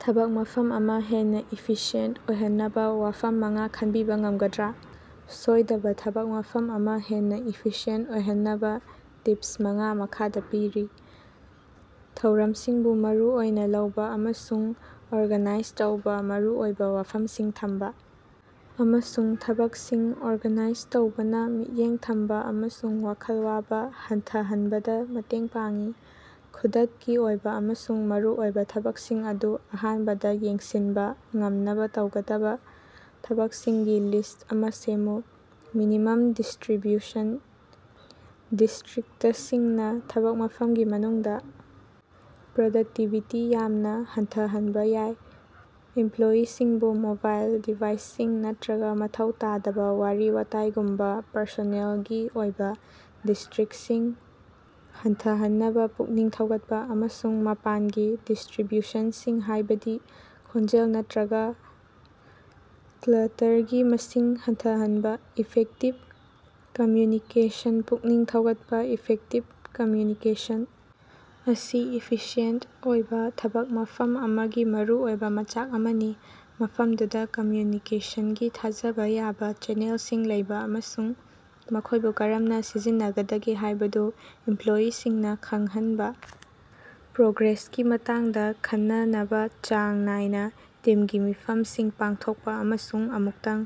ꯊꯕꯛ ꯃꯐꯝ ꯑꯃ ꯍꯦꯟꯅ ꯏꯐꯤꯁꯤꯌꯦꯟꯇ ꯑꯣꯏꯍꯟꯅꯕ ꯋꯥꯐꯝ ꯃꯉꯥ ꯈꯟꯕꯤꯕ ꯉꯝꯒꯗ꯭ꯔꯥ? ꯁꯣꯏꯗꯕ ꯊꯕꯛ ꯃꯐꯝ ꯑꯃ ꯍꯦꯟꯅ ꯏꯐꯤꯁꯤꯑꯦꯟꯇ ꯑꯣꯏꯍꯟꯅꯕ ꯇꯤꯄꯁ ꯃꯉꯥ ꯃꯈꯥꯗ ꯄꯤꯔꯤ - ꯊꯧꯔꯝꯁꯤꯡꯕꯨ ꯃꯔꯨ ꯑꯣꯏꯅ ꯂꯧꯕ ꯑꯃꯁꯨꯡ ꯑꯣꯔꯒꯥꯅꯥꯏꯖ ꯇꯧꯕ, ꯃꯔꯨ ꯑꯣꯏꯕ ꯋꯥꯐꯝꯁꯤꯡ ꯊꯝꯕ ꯑꯃꯁꯨꯡ ꯊꯕꯛꯁꯤꯡ ꯑꯣꯔꯒꯥꯅꯥꯏꯖ ꯇꯧꯕꯅ ꯃꯤꯠꯌꯦꯡ ꯊꯝꯕꯥ ꯑꯃꯁꯨꯡ ꯋꯥꯈꯜ ꯋꯥꯕ ꯍꯟꯊꯍꯟꯕꯗ ꯃꯇꯦꯡ ꯄꯥꯡꯏ꯫ ꯈꯨꯗꯛꯀꯤ ꯑꯣꯏꯕ ꯑꯃꯁꯨꯡ ꯃꯔꯨꯑꯣꯏꯕ ꯊꯕꯛꯁꯤꯡ ꯑꯗꯨ ꯑꯍꯥꯟꯕꯗ ꯌꯦꯡꯁꯤꯟꯕ ꯉꯝꯅꯕ ꯇꯧꯒꯗꯕ ꯊꯕꯛꯁꯤꯡꯒꯤ ꯂꯤꯁ꯭ꯠ ꯑꯃ ꯁꯦꯝꯃꯨ꯫ ꯃꯤꯅꯤꯃꯝ ꯗꯤꯁꯇ꯭ꯔꯤꯕ꯭ꯌꯨꯁꯟ - ꯗꯤꯁꯇ꯭ꯔꯤꯛꯇꯁꯤꯡꯅ ꯊꯕꯛ ꯃꯐꯝꯒꯤ ꯃꯅꯨꯡꯗ ꯄ꯭ꯔꯗꯛꯇꯤꯕꯤꯇꯤ ꯌꯥꯝꯅ ꯍꯟꯊꯍꯟꯕ ꯌꯥꯏ꯫ ꯏꯝꯄ꯭ꯂꯣꯌꯤꯁꯤꯡꯕꯨ ꯃꯣꯕꯥꯏꯜ ꯗꯤꯚꯥꯏꯁꯁꯤꯡ ꯅꯠꯇꯔꯒ ꯃꯊꯧ ꯇꯥꯗꯕ ꯋꯥꯔꯤ-ꯋꯥꯇꯥꯏꯒꯨꯝꯕ ꯄꯔꯁꯣꯅꯦꯜꯒꯤ ꯑꯣꯏꯕ ꯗꯤꯁꯇ꯭ꯔꯤꯛꯁꯁꯤꯡ ꯍꯟꯊꯍꯟꯅꯕ ꯄꯨꯛꯅꯤꯡ ꯊꯧꯒꯠꯄ, ꯑꯃꯁꯨꯡ ꯃꯄꯥꯟꯒꯤ ꯗꯤꯁꯇ꯭ꯔꯤꯕ꯭ꯌꯨꯁꯟꯁꯤꯡ ꯍꯥꯏꯕꯗꯤ ꯈꯣꯟꯖꯦꯜ ꯅꯠꯇꯔꯒ ꯀ꯭ꯂꯇꯔꯒꯤ ꯃꯁꯤꯡ ꯍꯟꯊꯍꯟꯕ꯫ ꯏꯐꯦꯛꯇꯤꯕ ꯀꯝꯃ꯭ꯌꯨꯅꯤꯀꯦꯁꯟ ꯄꯨꯛꯅꯤꯡ ꯊꯧꯒꯠꯄ - ꯏꯐꯦꯛꯇꯤꯕ ꯀꯝꯃ꯭ꯌꯨꯅꯤꯀꯦꯁꯟ ꯑꯁꯤ ꯏꯐꯤꯁꯤꯌꯦꯟꯇ ꯑꯣꯏꯕ ꯊꯕꯛ ꯃꯐꯝ ꯑꯃꯒꯤ ꯃꯔꯨ ꯑꯣꯏꯕ ꯃꯆꯥꯛ ꯑꯃꯅꯤ꯫ ꯃꯐꯝꯗꯨꯗ ꯀꯝꯃ꯭ꯌꯨꯅꯤꯀꯦꯁꯟꯒꯤ ꯊꯥꯖꯕ ꯌꯥꯕ ꯆꯦꯅꯦꯜꯁꯤꯡ ꯂꯩꯕ ꯑꯃꯁꯨꯡ ꯃꯈꯣꯏꯕꯨ ꯀꯔꯝꯅ ꯁꯤꯖꯤꯟꯅꯒꯗꯒꯦ ꯍꯥꯏꯕꯗꯨ ꯏꯝꯄ꯭ꯂꯣꯌꯤꯁꯤꯡꯅ ꯈꯪꯍꯟꯕ꯫ ꯄ꯭ꯔꯣꯒ꯭ꯔꯦꯁꯀꯤ ꯃꯇꯥꯡꯗ ꯈꯟꯅꯅꯕ ꯆꯥꯡ ꯅꯥꯏꯅ ꯇꯤꯝꯒꯤ ꯃꯤꯐꯝꯁꯤꯡ ꯄꯥꯡꯊꯣꯛꯄ, ꯑꯃꯁꯨꯡ ꯑꯃꯨꯛꯇꯪ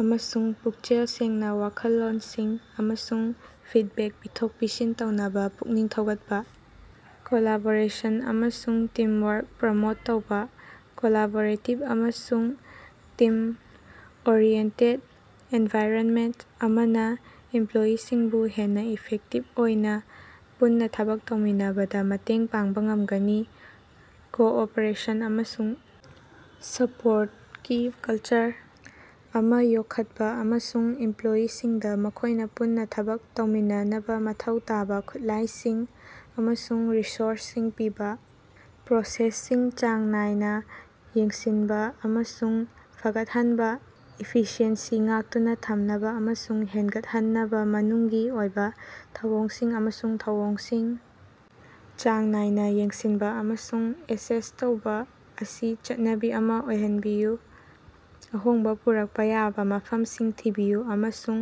ꯑꯃꯁꯨꯡ ꯄꯨꯛꯆꯦꯜ ꯁꯦꯡꯅ ꯋꯥꯈꯜꯂꯣꯟꯁꯤꯡ ꯑꯃꯁꯨꯡ ꯐꯤꯗꯕꯦꯛ ꯄꯤꯊꯣꯛ-ꯄꯤꯁꯤꯟ ꯇꯧꯅꯕ ꯄꯨꯛꯅꯤꯡ ꯊꯧꯒꯠꯄ꯫ ꯀꯣꯂꯥꯕꯣꯔꯦꯁꯟ ꯑꯃꯁꯨꯡ ꯇꯤꯝꯋꯥ꯭ꯔꯛ ꯄ꯭ꯔꯃꯣꯠ ꯇꯧꯕꯥ - ꯀꯣꯂꯥꯕꯣꯔꯦꯇꯤꯕ ꯑꯃꯁꯨꯡ ꯇꯤꯝ-ꯑꯣꯔꯤꯑꯦꯟꯇꯦꯗ ꯑꯦꯟꯚꯥꯏꯔꯟꯃꯦꯟꯇ ꯑꯃꯅ ꯏꯝꯄꯂꯣꯌꯤꯁꯤꯡꯕꯨ ꯍꯦꯟꯅ ꯏꯐꯦꯛꯇꯤꯕ ꯑꯣꯏꯅ ꯄꯨꯟꯅ ꯊꯕꯛ ꯇꯧꯃꯤꯟꯅꯕꯗ ꯃꯇꯦꯡ ꯄꯥꯡꯕ ꯉꯝꯒꯅꯤ꯫ ꯀꯣꯑꯣꯄꯔꯦꯁꯟ ꯑꯃꯁꯨꯡ ꯁꯄꯣꯔꯇꯀꯤ ꯀꯜꯆꯔ ꯑꯃ ꯌꯣꯛꯈꯠꯄ, ꯑꯃꯁꯨꯡ ꯏꯝꯄ꯭ꯂꯣꯌꯤꯁꯤꯡꯗ ꯃꯈꯣꯏꯅ ꯄꯨꯟꯅ ꯊꯕꯛ ꯇꯧꯃꯤꯟꯅꯅꯕ ꯃꯊꯧ ꯇꯥꯕ ꯈꯨꯠꯂꯥꯏꯁꯤꯡ ꯑꯃꯁꯨꯡ ꯔꯤꯁꯣꯔꯁꯁꯤꯡ ꯄꯤꯕ꯫ ꯄ꯭ꯔꯣꯁꯦꯁꯁꯤꯡ ꯆꯥꯡ ꯅꯥꯏꯅ ꯌꯦꯡꯁꯤꯟꯕ ꯑꯃꯁꯨꯡ ꯐꯒꯠꯍꯟꯕ - ꯏꯐꯤꯁꯤꯑꯦꯟꯁꯤ ꯉꯥꯛꯇꯨꯅ ꯊꯝꯅꯕ ꯑꯃꯁꯨꯡ ꯍꯦꯟꯒꯠꯍꯟꯅꯕ, ꯃꯅꯨꯡꯒꯤ ꯑꯣꯏꯕ ꯊꯧꯑꯣꯡꯁꯤꯡ ꯑꯃꯁꯨꯡ ꯊꯧꯑꯣꯡꯁꯤꯡ ꯆꯥꯡ ꯅꯥꯏꯅ ꯌꯦꯡꯁꯤꯟꯕ ꯑꯃꯁꯨꯡ ꯑꯦꯁꯦꯁ ꯇꯧꯕ ꯑꯁꯤ ꯆꯠꯅꯕꯤ ꯑꯃ ꯑꯣꯏꯍꯟꯕꯤꯌꯨ꯫ ꯑꯍꯣꯡꯕ ꯄꯨꯔꯛꯄ ꯌꯥꯕ ꯃꯐꯝꯁꯤꯡ ꯊꯤꯕꯤꯌꯨ, ꯑꯃꯁꯨꯡ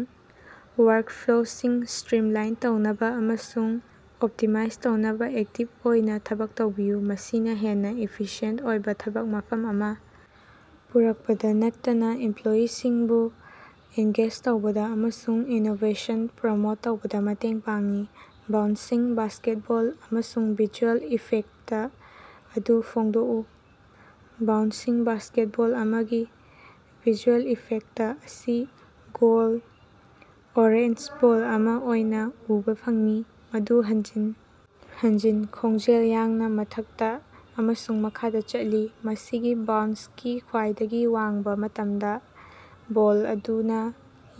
ꯋꯥ꯭ꯔꯛꯐ꯭ꯂꯣꯁꯤꯡ ꯁ꯭ꯇꯔꯤꯝꯂꯥꯏꯟ ꯇꯧꯅꯕ ꯑꯃꯁꯨꯡ ꯑꯣꯞꯇꯤꯃꯥꯏꯖ ꯇꯧꯅꯕ ꯑꯦꯛꯇꯤꯕ ꯑꯣꯏꯅ ꯊꯕꯛ ꯇꯧꯕꯤꯌꯨ꯫ ꯃꯁꯤꯅ ꯍꯦꯟꯅ ꯏꯐꯤꯁꯤꯌꯦꯟꯇ ꯑꯣꯏꯕ ꯊꯕꯛ ꯃꯐꯝ ꯑꯃ ꯄꯨꯔꯛꯄꯗ ꯅꯠꯇꯅ ꯏꯝꯄ꯭ꯂꯣꯌꯤꯁꯤꯡꯕꯨ ꯑꯦꯡꯒꯦꯖ ꯇꯧꯕꯗ ꯑꯃꯁꯨꯡ ꯏꯅꯣꯕꯦꯁꯟ ꯄ꯭ꯔꯃꯣꯠ ꯇꯧꯕꯗ ꯃꯇꯦꯡ ꯄꯥꯡꯏ꯫ ꯕꯥꯎꯟꯁꯤꯡ ꯕꯥꯁꯀꯦꯠꯕꯣꯜ ꯑꯃꯒꯤ ꯚꯤꯖꯨꯑꯦꯜ ꯏꯐꯦꯛꯇ ꯑꯗꯨ ꯐꯣꯡꯗꯣꯛꯎ꯫ ꯕꯥꯎꯟꯁꯤꯡ ꯕꯥꯁꯀꯦꯠꯕꯣꯜ ꯑꯃꯒꯤ ꯚꯤꯖꯨꯑꯦꯜ ꯏꯐꯦꯛꯇ ꯑꯁꯤ ꯒꯣꯜꯗ ꯑꯣꯔꯦꯟꯖ ꯕꯣꯜ ꯑꯃ ꯑꯣꯏꯅ ꯎꯕ ꯐꯪꯏ, ꯃꯗꯨ ꯍꯟꯖꯤꯟ ꯍꯟꯖꯤꯟ ꯈꯣꯡꯖꯦꯜ ꯌꯥꯡꯅ ꯃꯊꯛꯇ ꯑꯃꯁꯨꯡ ꯃꯈꯥꯗ ꯆꯠꯂꯤ꯫ ꯃꯁꯤꯒꯤ ꯕꯥꯎꯟꯁꯀꯤ ꯈ꯭ꯋꯥꯏꯗꯒꯤ ꯋꯥꯡꯕ ꯃꯇꯝꯗ, ꯕꯣꯜ ꯑꯗꯨꯅ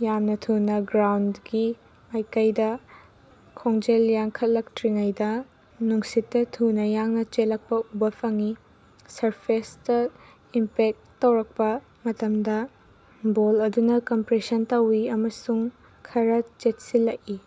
ꯌꯥꯝꯅ ꯊꯨꯅ ꯒ꯭ꯔꯥꯎꯟꯗꯒꯤ ꯃꯥꯏꯀꯩꯗ ꯈꯣꯡꯖꯦꯜ ꯌꯥꯡꯈꯠꯂꯛꯇꯔꯤꯉꯩꯗ‌ ꯅꯨꯡꯁꯤꯠꯇ ꯊꯨꯅ ꯌꯥꯡꯅ ꯆꯦꯜꯂꯛꯄ ꯎꯕꯥ ꯐꯪꯏ꯫ ꯁꯔꯐꯦꯁꯇ ꯏꯝꯄꯦꯛꯇ ꯇꯧꯔꯛꯄ ꯃꯇꯝꯗ, ꯕꯣꯜ ꯑꯗꯨꯅ ꯀꯝꯄ꯭ꯔꯦꯁꯟ ꯇꯧꯏ ꯑꯃꯁꯨꯡ ꯈꯔꯥ ꯆꯦꯠꯁꯤꯜꯂꯛꯏ꯫